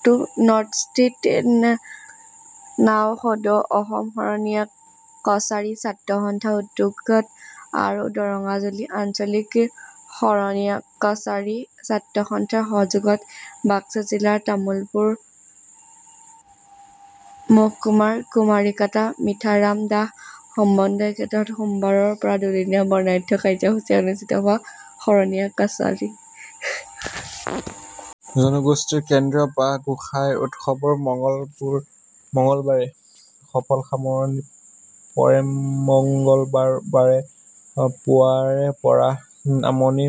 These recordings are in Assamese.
ফটোনৰ্থইষ্ট নাওসদৌ অসম শৰণীয়া কছাৰী ছাত্ৰ সন্থাৰ উদ্যোগত আৰু দৰঙাজুলি আঞ্চলিক শৰণীয়াকছাৰী ছাত্ৰ সন্থাৰ সহযোগত বাক্সা জিলাৰ তামুলপুৰ মহকুমাৰ কুমাৰীকাটা মিঠাৰাম দাস সমন্বয় ক্ষেত্ৰত সোমবাৰৰ পৰা দুদিনীয়া বৰ্ণাঢ্য কাৰ্যসূচীৰে অনুষ্ঠিত হোৱা শৰণীয়া কছাৰী জনগোষ্ঠীৰ কেন্দ্ৰীয় বাঁহ গোঁসাই উৎসৱৰ মঙলবাৰে সফল সামৰণি পৰেমঙলবাৰে পুৱাৰে পৰা নামনি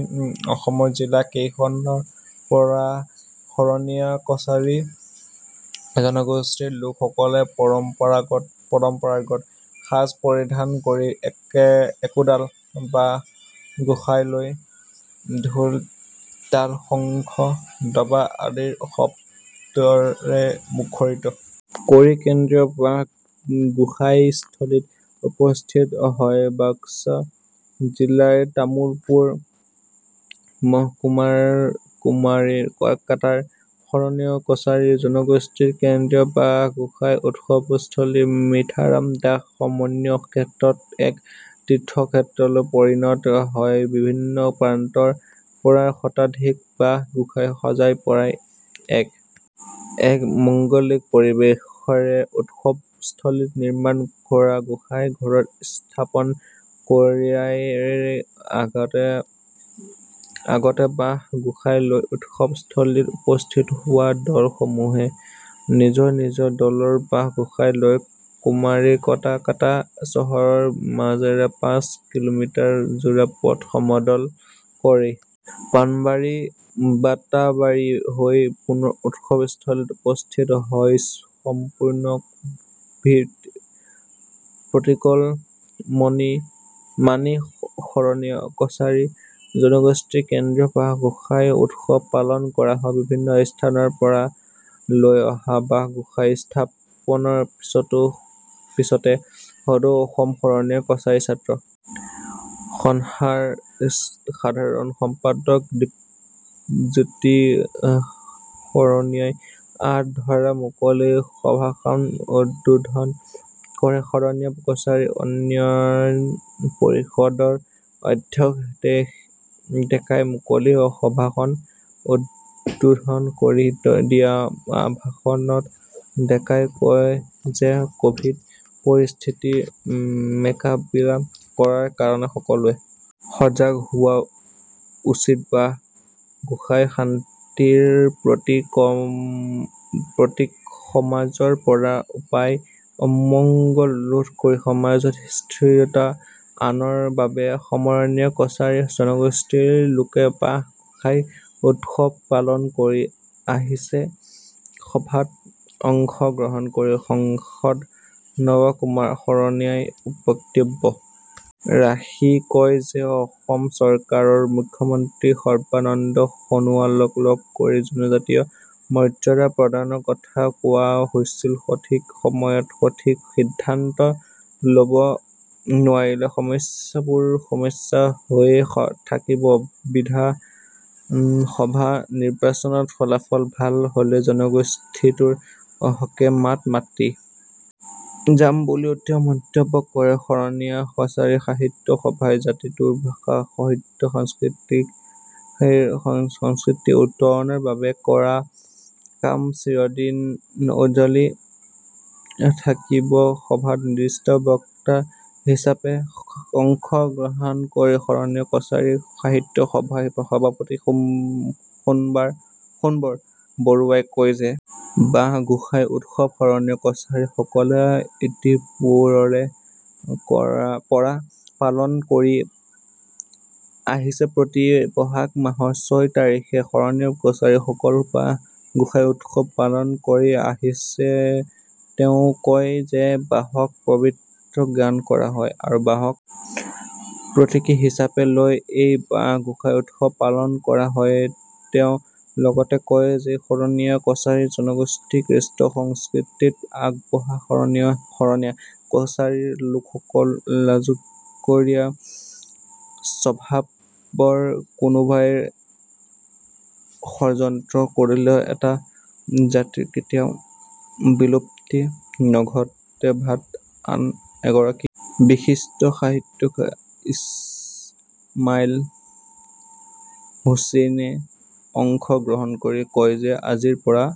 অসমৰ জিলা কেইখনৰ পৰা শৰণীয়াকছাৰী জনগোষ্ঠীৰ লোকসকলে পৰম্পৰাগত সাজ পৰিধান কৰি একোডাল বাঁহ গোঁসাই লৈ ঢোল তালশংখ দবা আদিৰ শব্দৰে মুখৰিত কৰি কেন্দ্ৰীয় বাঁহ গোসাইস্থলীত উপস্থিত হয়বাক্সা জিলাৰ তামুলপুৰ মহকুমাৰ কুমাৰীকাটাৰ শৰণীয়া কছাৰী জনগোষ্ঠীৰ কেন্দ্ৰীয় বাঁহ গোঁসাই উৎসৱস্থলী মিঠাৰাম দাস সমন্বয় ক্ষেত্ৰ এক তীৰ্থ ক্ষেত্ৰলৈ পৰিনত হয়বিভিন্ন প্ৰান্তৰ পৰা শতাধিক বাঁহ গোঁসাই সজাইপৰাই এক মাঙ্গলিক পৰিৱেশেৰে উৎসৱস্থলীত নিৰ্মাণ কৰা গোঁসাই ঘৰত স্থাপন কৰেইয়াৰ আগতে বাঁহ গোঁসাই লৈ উৎসৱস্থলীত উপস্থিত হোৱা দল সমূহে নিজৰ নিজৰ দলৰ বাঁহ গোঁসাই লৈ কুমাৰীকাটা চহৰৰ মাজেৰে পাঁচ কিলোমিটাৰ জোৰা পথ সমদল কৰি পানবাৰীবাটাবাৰী হৈ পুনৰ উৎসৱস্থলীত উপস্থিত হয়সম্পূৰ্ন কোভিড প্ৰটকল মানি শৰণীয়া কছাৰী জনগোষ্ঠীৰ কেন্দ্ৰীয় বাঁহ গোঁসাই উৎসৱ পালন কৰা হয় বিভিন্ন স্থানৰ পৰা লৈ অহা বাঁহ গোঁসাই স্থাপনৰ পিচতে সদৌ অসম শৰণীয়া কছাৰী ছাত্ৰ সন্থাৰ সাধাৰণ সম্পাদক দীপজ্যোতি শৰণীয়াই আঁত ধৰা মুকলি সভাখন উদ্বোধন কৰে শৰণীয়া কছাৰী উন্নয়ন পৰিষদৰ অধ্যক্ষ হিতেশ ডেকাই মুকলি সভাখন উদ্বোধন কৰি দিয়া ভাষণত ডেকাই কয় যে কভিড পৰিস্থিতি মোকাবিলা কৰাৰ কাৰনে সকলোৱে সজাগ হোৱা উচিতবাঁহ গোঁসাই শান্তিৰ প্ৰতীকসমাজৰ পৰা অপায় অমঙ্গল ৰোধ কৰি সামজত স্থিৰতা অনাৰ বাবে শৰণীয়া কছাৰী জনগোষ্ঠীৰ লোকে বাঁহ গোঁসাই উৎসৱ পালন কৰি আহিছেসভাত অংশ গ্ৰহণ কৰি সাংসদ নৱ কুমাৰ শৰনীয়াই বক্তব্য ৰাখি কয় যে অসম চৰকাৰৰ মুখ্যমন্ত্ৰী সৰ্বানন্দ সোণোৱালক লগ কৰি জনজাতীয় মৰ্যাদা প্ৰদানৰ কথা কোৱা হৈছিলসঠিক সময়ত সঠিক সিদ্ধান্ত লব নোৱাৰিলে সমস্যাবোৰ সমস্যা হৈয়ে থাকেবিধানসভা নিৰ্বাচনত ফলাফল ভাল হলে জনগোষ্ঠীটোৰ হকে মাত মাতি যাম বুলিও তেওঁ মন্তব্য কৰে শৰণীয়াকছাৰী সাহিত্য সভাই জাতিটোৰ ভাষা সাহিত্যসংস্কৃতিৰ উত্তৰণৰ বাবে কৰা কাম চিৰদিন উজলি থাকিবসভাত নিৰ্দিষ্ট বক্তা হিচাপে অংশ গ্ৰহণ কৰি শৰনীয়া কছাৰী সাহিত্য সভাৰ সভাপতি সোনবৰ বৰুৱাই কয় যে বাঁহ গোঁসাই উৎসৱ শৰণীয়া কছাৰী সকলে ইতিপুৰ্বৰে পৰা পালন কৰি আহিছেপ্ৰতি বহাগ মাহৰ ছয় তাৰিখে শৰণীয়া কছাৰী সকলে বাঁহ গোঁসাই উৎসৱ পালন কৰি আহিছেতেওঁ কয় যে বাঁহক পৱিত্ৰ জ্ঞান কৰা হয় আৰু বাঁহক প্ৰতীকী হিচাপে লৈ এই বাঁহ গোঁসাই উৎসৱ পালন কৰা হয়তেওঁ লগতে কয় যে শৰণীয়া কছাৰী জনগোষ্ঠী কৃষ্টি সংস্কৃতিত আগবঢ়াশৰণীয়া কছাৰীৰ লোক সকল লাজকুৰীয়া স্বভাৱৰকোনোবাই ষড়যন্ত্ৰ কৰিলেও এটা জাতিৰ কেতিয়াও বিলুপ্তি নঘটেসভাত আন এগৰাকী বিশিষ্ট সাহিত্যিক ইছমাইল হুছেইনে অংশ গ্ৰহণ কৰি কয় যে আজিৰ পৰা